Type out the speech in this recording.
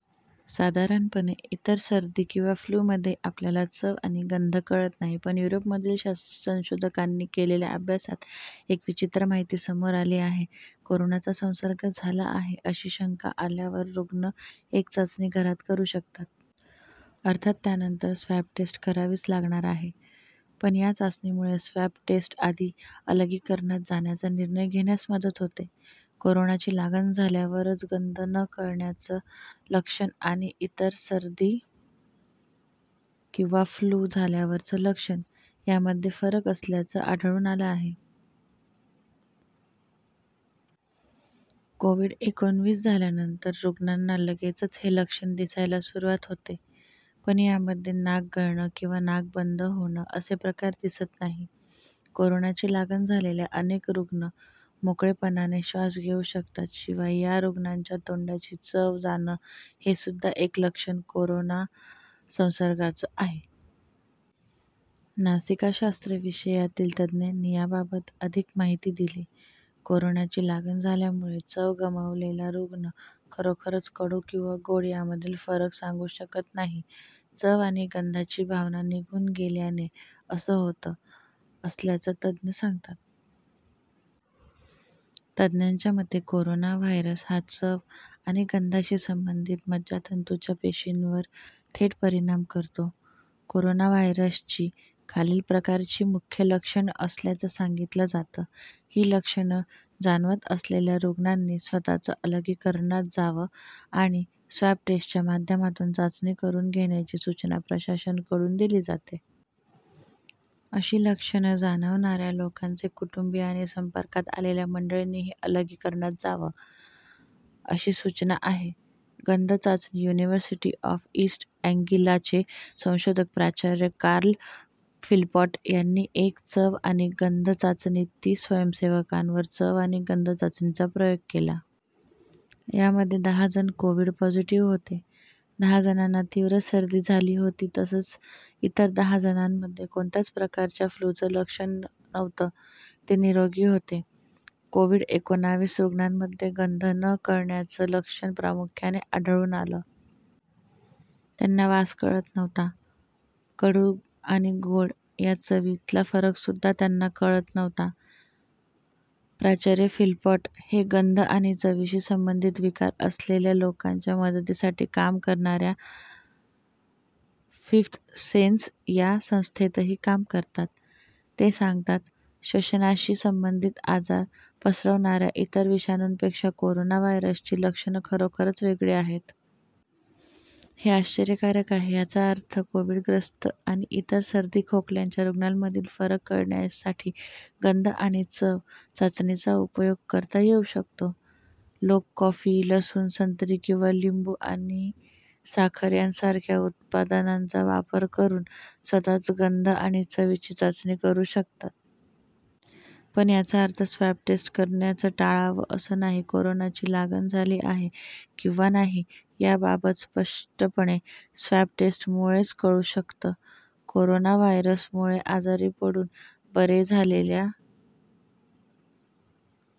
साधारणपणे, इतर सर्दी किंवा फ्लूमध्येही आपल्याला चव आणि गंध कळत नाही. पण युरोपमधील संशोधकांनी केलेल्या अभ्यासात एक विचित्र माहिती समोर आली आहे. कोरोनाचा संसर्ग झाला आहे अशी शंका आल्यावर रुग्ण ही एक चाचणी घरात करू शकतात. अर्थात त्यानंतर स्वॅब टेस्ट करावीच लागणार आहे. पण या चाचणीमुळे स्वॅब टेस्टआधी अलगीकरणात जाण्याचा निर्णय घेण्यास मदत होते. कोरोनाची लागण झाल्यावरचं गंध न कळण्याचं लक्षणं आणि इतर सर्दी किंवा फ्लू झाल्यावरचं लक्षण यामध्ये फरक असल्याचं आढळून आलं आहे. कोव्हिड-एकोणविस झाल्यानंतर रुग्णांना लगेचच हे लक्षण दिसायला सुरुवात होते. पण यामध्ये नाक गळणं किंवा नाक बंद होणं असे प्रकार दिसत नाहीत. कोरोनाची लागण झालेले अनेक रुग्ण मोकळेपणाने श्वास घेऊ शकतात. शिवाय या रुग्णांच्या तोंडाची चव जाणं हेसुद्धा एक लक्षण कोरोना संसर्गाचं आहे. नासिकाशास्त्र विषयातील तज्ज्ञांनी याबाबत अधिक माहिती दिली. कोरोनाची लागण झाल्यामुळे चव गमावलेला रुग्ण खरोखरच कडू किंवा गोड यांमधील फरक सांगू शकत नाही. चव आणि गंधाची भावना निघून गेल्याने असं होत असल्याचं तज्ज्ञ सांगतात. तज्ज्ञांच्या मते, कोरोना व्हायरस हा चव आणि गंधाशी संबंधित मज्जातंतूच्या पेशींवर थेट परिणाम करतो. कोरोना व्हायरसची खालील प्रकारची मुख्य लक्षणं असल्याचं सांगितलं जातं. ही लक्षणं जाणवत असलेल्या रुग्णांनी स्वतःच अलगीकरणात जावं आणि स्वॅब टेस्टच्या माध्यमातून चाचणी करून घेण्याची सूचना प्रशासनाकडून दिली जाते. अशी लक्षणं जाणवणाऱ्या लोकांचे कुटुंबीय आणि संपर्कात आलेल्या मंडळींनीही अलगीकरणात जावं, असी सूचना आहे. गंध चाचणी युनिव्हर्सिटी ऑफ ईस्ट अँगिलाचे संशोधक प्रा. कार्ल फिलपॉट यांनी एक चव आणि गंध चाचणी तीस स्वयंसेवकांवर चव आणि गंध चाचणीचा प्रयोग केला. यामध्ये दहा जण कोव्हिड पॉझिटिव्ह होते. दहा जणांना तीव्र सर्दी झाली होती तसंच इतर दहा जणांमध्ये कोणत्याच प्रकारच्या फ्लूचं लक्षण नव्हतं. ते निरोगी होते. कोव्हिड-एकोणविस रुग्णांमध्ये गंध न कळण्याचं लक्षण प्रामुख्याने आढळून आलं. त्यांना वास कळत नव्हता. कडू आणि गोड या चवीतला फरकसुद्धा त्यांना कळत नव्हता. प्रा. फिलपॉट हे गंध आणि चवीशी संबंधित विकार असलेल्या लोकांच्या मदतीसाठी काम करणाऱ्या फिफ्थ सेन्स या संस्थेतही काम करतात. ते सांगतात, श्वसनाशी संबंधित आजार पसरवणाऱ्या इतर विषाणूंपेक्षा कोरोना व्हायरसची लक्षणं खरोखरच वेगळी आहेत. हे आश्चर्यकारक आहे. याचा अर्थ कोव्हिडग्रस्त आणि इतर सर्दी खोकल्यांच्या रुग्णांमधील फरक कळण्यासाठी गंध आणि चव चाचणीचा उपयोग करता येऊ शकतो. लोक कॉफी, लसूण, संत्री किंवा लिंबू आणि साखर यांसारख्या उत्पादनांचा वापर करून स्वतःच गंध आणि चवीची चाचणी करू शकतात. पण याचा अर्थ स्वॅब टेस्ट करण्याचं टाळावं, असं नाही. कोरोनाची लागण झाली आहे किंवा नाही याबाबत स्पष्टपणे स्वॅब टेस्टमुळेच कळू शकतं. कोरोना व्हायरसमुळे आजारी पडून बरे झालेल्या